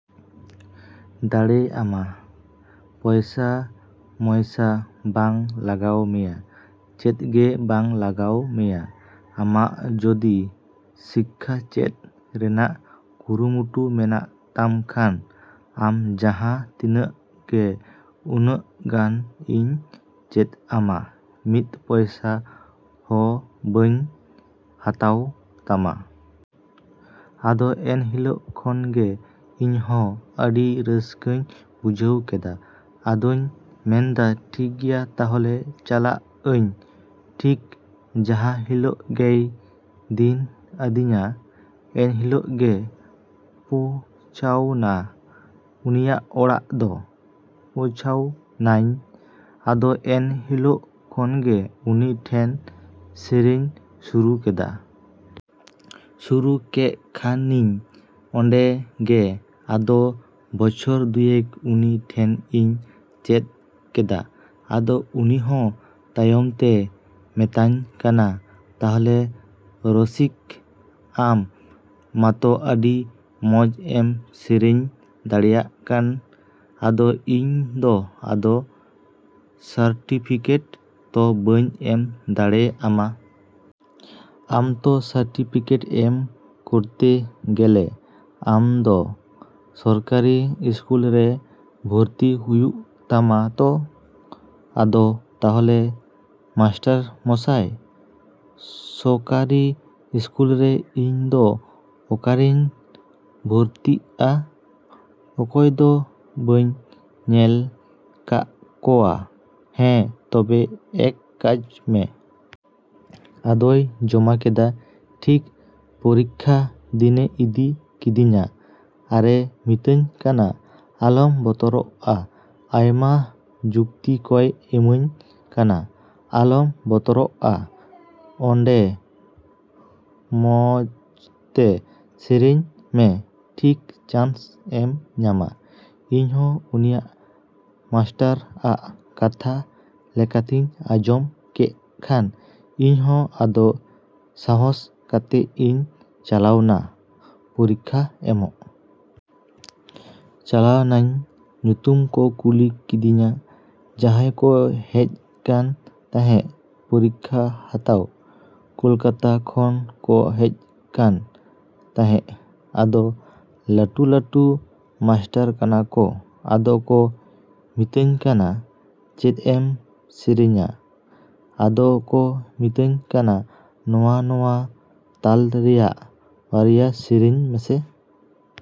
ᱫᱟᱲᱮ ᱟᱢᱟ᱾ ᱯᱚᱭᱥᱟ ᱢᱚᱭᱥᱟ ᱵᱟᱝ ᱞᱟᱜᱟᱣ ᱢᱮᱭᱟ, ᱪᱮᱫ ᱜᱮ ᱵᱟᱝ ᱞᱟᱜᱟᱣ ᱢᱮᱭᱟ᱾ ᱟᱢᱟᱜ ᱡᱚᱫᱤ ᱥᱤᱠᱠᱷᱟ ᱪᱮᱫ ᱨᱮᱱᱟᱜ ᱠᱩᱨᱩᱢᱩᱴᱩ ᱢᱮᱱᱟᱜ ᱛᱟᱢ ᱠᱷᱟᱱ, ᱟᱢ ᱡᱟᱸᱦᱟ ᱛᱤᱱᱟᱹᱜ ᱜᱮ ᱩᱱᱟᱹᱜ ᱜᱟᱱ ᱤᱧ ᱪᱮᱫ ᱟᱢᱟ᱾ ᱢᱤᱫ ᱯᱚᱭᱥᱟ ᱦᱚᱵᱟᱧ ᱦᱟᱛᱟᱣ ᱛᱟᱢᱟ᱾ ᱟᱫᱚ ᱮᱱᱦᱤᱞᱳᱜ ᱠᱷᱚᱱ ᱜᱮ ᱤᱧᱦᱚᱸ ᱟᱹᱰᱤ ᱨᱟᱹᱥᱠᱟᱹᱧ ᱵᱩᱡᱷᱟᱹᱣ ᱠᱮᱫᱟ᱾ ᱟᱫᱚᱧ ᱢᱮᱱᱫᱟ, ᱴᱷᱤᱠ ᱜᱮᱭᱟ ᱛᱟᱦᱞᱮ ᱪᱟᱞᱟᱜ ᱟᱹᱧ᱾ ᱴᱷᱤᱠ ᱡᱟᱸᱦᱟ ᱦᱤᱞᱳᱜ ᱜᱮᱭ ᱫᱤᱱ ᱟᱫᱤᱧᱟ, ᱮᱱᱦᱤᱞᱳᱜ ᱜᱮ ᱯᱳᱪᱷᱟᱣᱱᱟ ᱩᱱᱤᱭᱟᱜ ᱚᱲᱟᱜ ᱫᱚ᱾ ᱯᱳᱪᱷᱟᱣ ᱱᱟᱧ᱾ ᱟᱫᱚ ᱮᱱ ᱦᱤᱞᱳᱜ ᱠᱷᱚᱱᱜᱮ ᱩᱱᱤ ᱴᱷᱮᱱ ᱥᱮᱨᱮᱧ ᱥᱩᱨᱩ ᱠᱮᱫᱟ᱾ ᱥᱩᱨᱩ ᱠᱮᱜ ᱠᱷᱟᱱᱤᱧ ᱚᱱᱰᱮ ᱜᱮ ᱟᱫᱚ ᱵᱚᱪᱷᱚᱨ ᱫᱩᱭᱮᱠ ᱩᱱᱤ ᱴᱷᱮᱱ ᱤᱧ ᱪᱮᱫ ᱠᱮᱫᱟ᱾ ᱟᱫᱚ ᱩᱱᱤᱦᱚᱸ ᱛᱟᱭᱚᱢᱛᱮ ᱢᱮᱛᱟᱧ ᱠᱟᱱᱟ, ᱛᱟᱦᱞᱮ ᱨᱚᱥᱤᱠ, ᱟᱢ ᱢᱟᱛᱚ ᱟᱹᱰᱤ ᱢᱚᱸᱡ ᱮᱢ ᱥᱮᱨᱮᱧ ᱫᱟᱲᱮᱜ ᱠᱟᱱ᱾ ᱟᱫᱚ ᱤᱧ ᱫᱚ ᱟᱫᱚ ᱥᱟᱨᱴᱤᱯᱷᱤᱠᱮᱴ ᱛᱚ ᱵᱟᱹᱧ ᱮᱢ ᱫᱟᱲᱮ ᱟᱢᱟ᱾ ᱟᱢ ᱛᱚ ᱥᱟᱨᱴᱤᱯᱷᱤᱠᱮᱴ ᱮᱢ ᱠᱚᱨᱛᱮ ᱜᱮᱞᱮ ᱟᱢᱫᱚ ᱥᱚᱨᱠᱟᱨᱤ ᱤᱥᱠᱩᱞ ᱨᱮ ᱵᱷᱚᱨᱛᱤ ᱦᱩᱭᱩᱜ ᱛᱟᱢᱟ ᱛᱚ? ᱟᱫᱚ, ᱛᱟᱦᱞᱮ ᱢᱟᱥᱴᱟᱨ ᱢᱚᱥᱟᱭ, ᱥᱚᱠᱟᱨᱤ ᱤᱥᱠᱩᱞᱨᱮ ᱤᱧ ᱫᱚ ᱚᱠᱟᱨᱮᱧ ᱵᱷᱚᱨᱛᱤᱜ-ᱟ? ᱚᱠᱚᱭᱫᱚ ᱵᱟᱹᱧ ᱧᱮᱞ ᱠᱟᱜ ᱠᱚᱣᱟ᱾ ᱦᱮᱸ ᱛᱚᱵᱮ ᱮᱠ ᱠᱟᱡ ᱢᱮ᱾ ᱟᱫᱚᱭ ᱡᱚᱢᱟ ᱠᱮᱫᱟ᱾ ᱴᱷᱤᱠ ᱯᱚᱨᱤᱠᱠᱷᱟ ᱫᱤᱱᱮ ᱤᱫᱤ ᱠᱮᱫᱤᱧᱟ ᱟᱨᱮ ᱢᱤᱛᱟᱹᱧ ᱠᱟᱱᱟ, ᱟᱞᱚᱢ ᱵᱚᱛᱨᱚᱜ-ᱟ᱾ ᱟᱭᱢᱟ ᱡᱩᱠᱛᱤ ᱠᱚᱭ ᱮᱢᱟᱹᱧ ᱠᱟᱱᱟ, ᱟᱞᱚᱢ ᱵᱚᱛᱚᱨᱚᱜ-ᱟ᱾ ᱚᱱᱰᱮ ᱢᱚᱸᱡᱛᱮ ᱥᱮᱨᱮᱧ ᱢᱮ᱾ ᱴᱷᱤᱠ ᱪᱟᱱᱥ ᱮᱢ ᱧᱟᱢᱟ᱾ ᱤᱧᱦᱚᱸ ᱩᱱᱤᱭᱟᱜ ᱢᱟᱥᱴᱟᱨ ᱟᱜ ᱠᱟᱛᱷᱟ ᱞᱮᱠᱟᱛᱤᱧ ᱟᱸᱡᱚᱢ ᱠᱮᱜ ᱠᱷᱟᱱ, ᱤᱧᱦᱚᱸ ᱟᱫᱚ ᱥᱟᱦᱚᱥ ᱠᱟᱛᱮᱜ ᱤᱧ ᱪᱟᱞᱟᱣᱱᱟ ᱯᱚᱨᱤᱠᱠᱷᱟ ᱮᱢᱚᱜ᱾ ᱪᱟᱞᱟᱣᱱᱟᱧ᱾ ᱧᱩᱛᱩᱢ ᱠᱚ ᱠᱩᱞᱤ ᱠᱤᱫᱤᱧᱟ᱾ ᱡᱟᱸᱦᱟᱭ ᱠᱚ ᱦᱮᱡ ᱠᱟᱱ ᱛᱟᱸᱦᱮᱜ ᱯᱚᱨᱤᱠᱠᱷᱟ ᱦᱟᱛᱟᱣ, ᱠᱚᱞᱠᱟᱛᱟ ᱠᱷᱚᱱ ᱠᱚ ᱦᱮᱡ ᱠᱟᱱ ᱛᱟᱸᱦᱮᱜ᱾ ᱟᱫᱚ ᱞᱟᱹᱴᱩ ᱞᱟᱹᱴᱩ ᱢᱟᱥᱴᱟᱨ ᱠᱟᱱᱟ ᱠᱚ᱾ ᱟᱫᱚ ᱠᱚ ᱢᱤᱛᱟᱹᱧ ᱠᱟᱱᱟ, ᱪᱮᱫ ᱮᱢ ᱥᱮᱨᱮᱧᱟ? ᱟᱫᱚ ᱠᱚ ᱢᱤᱛᱟᱹᱧ ᱠᱟᱱᱟ, ᱱᱚᱣᱟ ᱱᱚᱣᱟ ᱛᱟᱞ ᱨᱮᱭᱟᱜ ᱵᱟᱨᱭᱟ ᱥᱮᱨᱮᱧ ᱢᱮᱥᱮ᱾